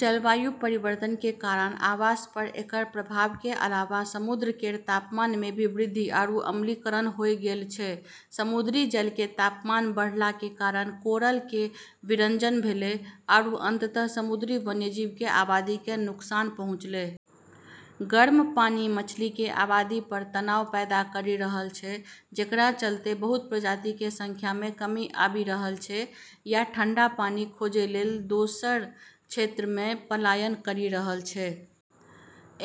जलवायु परिवर्तन के कारण आवास पर एकरऽ प्रभाव के अलावा समुद्र केरऽ तापमान म॑ भी वृद्धि आरू अम्लीकरण होय गेलऽ छै। समुद्री जल के तापमान बढ़ला के कारण कोरल के विरंजन भेलै आरू अंततः समुद्री वन्यजीव के आबादी के नुकसान पहुँचलै। गर्म पानी मछली के आबादी पर तनाव पैदा करी रहलऽ छै, जेकरा चलतें बहुत प्रजाति के संख्या म॑ कमी आबी रहलऽ छै या ठंडा पानी खोजै लेली दोसरऽ क्षेत्रऽ म॑ पलायन करी रहलऽ छै।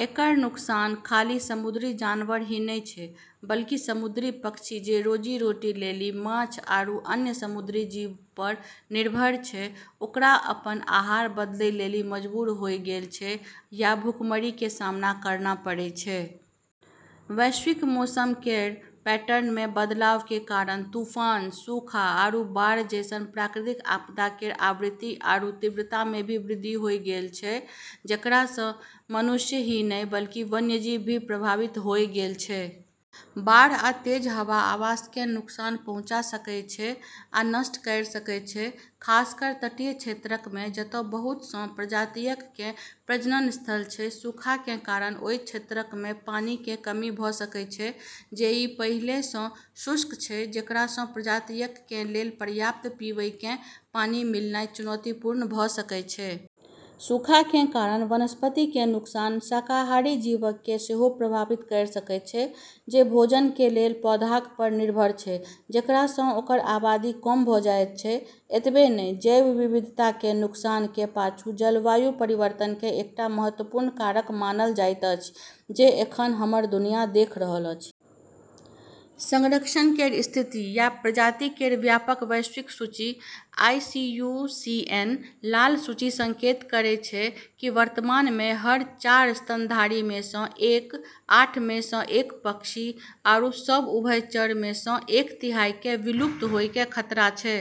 एकरऽ नुकसान खाली समुद्री जानवर ही नै छै, बल्कि समुद्री पक्षी जे रोजी-रोटी लेली माछ आरू अन्य समुद्री जीवऽ प॑ निर्भर छै, ओकरा अपनऽ आहार बदलै लेली मजबूर होय गेलऽ छै या भूखमरी के सामना करना पड़॑ छै। वैश्विक मौसम केरऽ पैटर्न म॑ बदलाव के कारण तूफान, सूखा, आरू बाढ़ जैसनऽ प्राकृतिक आपदा केरऽ आवृत्ति आरू तीव्रता म॑ भी वृद्धि होय गेलऽ छै, जेकरा स॑ मनुष्य ही नै बल्कि वन्यजीव भी प्रभावित होय गेलऽ छै। बाढ़ आ तेज हवा आवास कें नुकसान पहुंचा सकएय छै या नष्ट कयर सकएय छै, खासकर तटीय क्षेत्रक मे, जत बहुत सं प्रजातियक कें प्रजनन स्थल छै. सूखा कें कारण ओय क्षेत्रक मे पानी कें कमी भ सकय छै जे पइहले सं शुष्क छै, जेकरा सं प्रजातियक कें लेल पर्याप्त पीवय कें पानी मिलनाय चुनौतीपूर्ण भ सकय छै. सूखा कें कारण वनस्पति कें नुकसान शाकाहारी जीवक कें सेहो प्रभावित कयर सकय छै, जे भोजन कें लेल पौधाक पर निर्भर छै, जेकरा सं ओकर आबादी कम भ जायत छै. एतबे नै, जैव विविधता के नुकसान के पाछु जलवायु परिवर्तन के एकटा महत्वपूर्ण कारक मानल जाइत अछि जे एखन हमर दुनिया देख रहल अछि। संरक्षण केरऽ स्थिति या प्रजाति केरऽ व्यापक वैश्विक सूची आईयूसीएन लाल सूची संकेत करै छै कि, वर्तमान म॑ हर चार स्तनधारी म॑ स॑ एक, आठ म॑ स॑ एक पक्षी आरू सब उभयचरऽ म॑ स॑ एक तिहाई क॑ विलुप्त होय के खतरा छै।